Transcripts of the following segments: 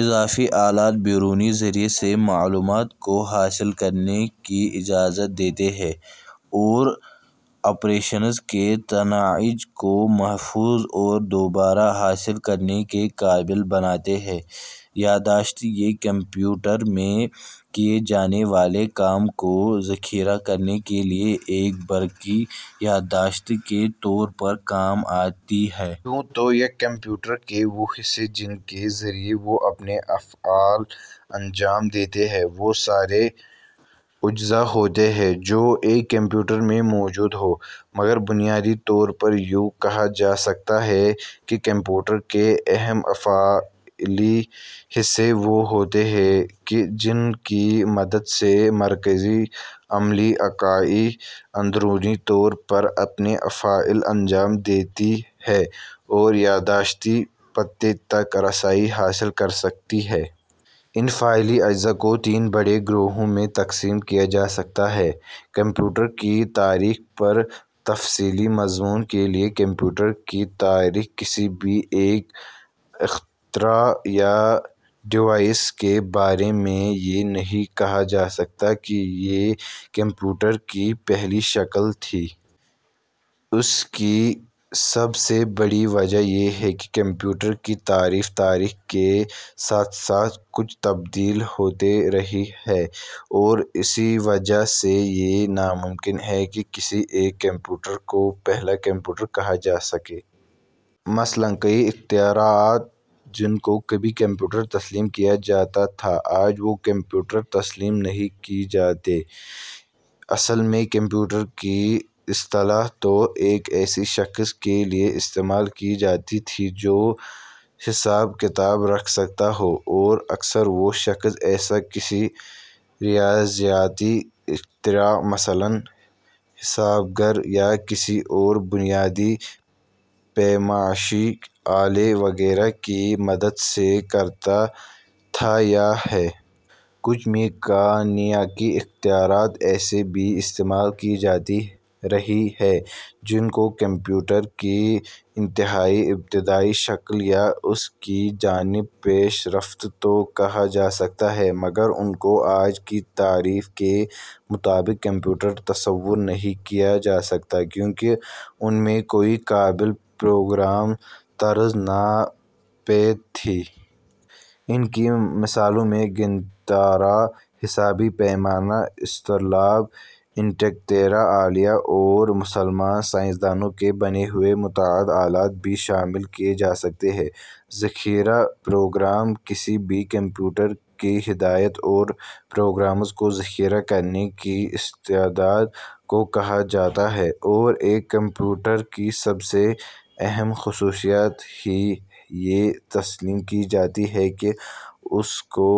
اضافی آلات بیرونی ذرائع سے معلومات کو حاصل کرنے کی اجازت دیتے ہیں اور آپریشنز کے نتائج کو محفوظ اور دوبارہ حاصل کرنے کے قابل بناتے ہیں۔ یاداشت ، یہ کمپیوٹر میں کیے جانے والے کام کو ذخیرہ کرنے کے لیے ایک برقی یاداشت کے طور پر کام آتی ہے۔ یوں تو یک کمپیوٹر کے وہ حصے جن کے ذریعہ وہ اپنے افعال انجام دیتا ہے وہ سارے اجزاء ہوتے ہیں جو ایک کمپیوٹر میں موجود ہوں۔ مگر بنیادی طور پر یوں کہا جا سکتا ہے کہ کمپیوٹر کے اہم افعالی حصے وہ ہوتے ہیں کہ جن کی مدد سے مرکزی عملی اکائی اندرونی طور پر اپنے افعال انجام دیتی ہے اور یاداشتی پتے تک رسائی حاصل کرسکتی ہے۔ ان فعالی اجزاء کو تین بڑے گروہوں میں تقسیم کیا جا سکتا ہے۔ کمپیوٹر کی تاریخ پر تفصیلی مضمون کے لیے کمپیوٹر کی تاریخ کسی بھی ایک اختراع یا ڈیوائس کے بارے میں یہ نہیں کہا جا سکتا کہ یہ کمپیوٹر کی پہلی شکل تھی۔ اس کی سب سے بڑی وجہ یہ ہے کہ کمپیوٹر کی تعریف تاریخ کے ساتھ ساتھ کچھ تبدیل ہوتی رہی ہے اور اسی وجہ سے یہ ناممکن ہے کہ کسی ایک کمپیوٹر کو پہلا کمپیوٹر کہا جاسکے۔ مثلاً کئی اختراعات جن کو کبھی کمپیوٹر تسلیم کیا جاتا تھا آج وہ کمپیوٹر تسلیم نہیں کی جاتیں۔ اصل میں کمپیوٹر کی اصطلاح تو ایک ایسے شخص کے لیے استعمال کی جاتی تھی کہ جو حساب کتاب رکھ سکتا ہو اور اکثر وہ شخص ایسا کسی ریاضیاتی اختراع مثلاً حسابگر یا کسی اور بنیادی پیمائشی آلے وغیرہ کی مدد سے کرتا تھا یا ہے۔ کچھ میکانیکی اختراعات ایسی بھی استعمال کی جاتی رہی ہیں جن کو کمپیوٹر کی انتہائی ابتدائی شکل یا اس کی جانب پیش رفت تو کہا جا سکتا ہے مگر ان کو آج کی تعریف کے مطابق کمپیوٹر تصور نہیں کیا جا سکتا کیونکہ ان میں کوئی قابل پروگرام طرز ناپید تھی۔ ان کی مثالوں میں گنتارا ، حسابی پیمانہ ، اسطرلاب ، انٹیکتیرا آلیہ اور مسلمان سائنسدانوں کے بنائے ہوئے متعدد آلات بھی شامل کیے جا سکتے ہیں،۔ ذخیرۂ پروگرام کسی بھی کمپیوٹر کی ہدایات اور پروگرامز کو ذخیرہ کرنے کی استعداد کو کہا جاتا ہے اور ایک کمپیوٹر کی سب سے اہم خصوصیت ہی یہ تسلیم کی جاتی ہے کہ اس کو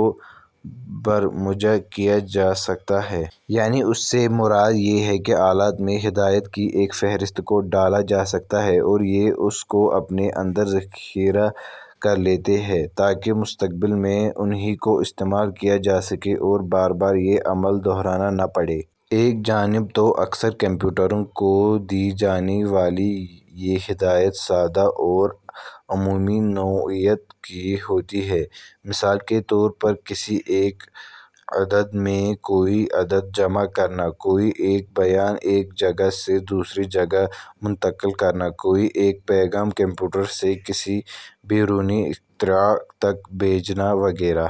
برمجہ کیا جا سکتا ہے۔ یعنی اس سے مراد یہ ہے کہ ان آلات میں ہدایات کی ایک فہرست کو ڈالا جا سکتا ہے اور یہ اس کو اپنے اندر ذخیرہ کرلیتے ہیں تاکہ مستقبل میں انھی کو استعمال کیا جاسکے اور بار بار یہ عمل دہرانا نہ پڑے۔ ایک جانب تو اکثر کمپیوٹروں کو دی جانے والی یہ ہدایات سادہ اور عمومی نوعیت کی ہوتی ہیں: مثال کے طور پر کسی ایک عدد میں کوئی عدد جمع کرنا، کوئی ایک بیان ایک جگہ سے دوسری جگہ منتقل کرنا، کوئی ایک پیغام کمپیوٹر سے کسی بیرونی اختراع تک بھیجنا وغیرہ۔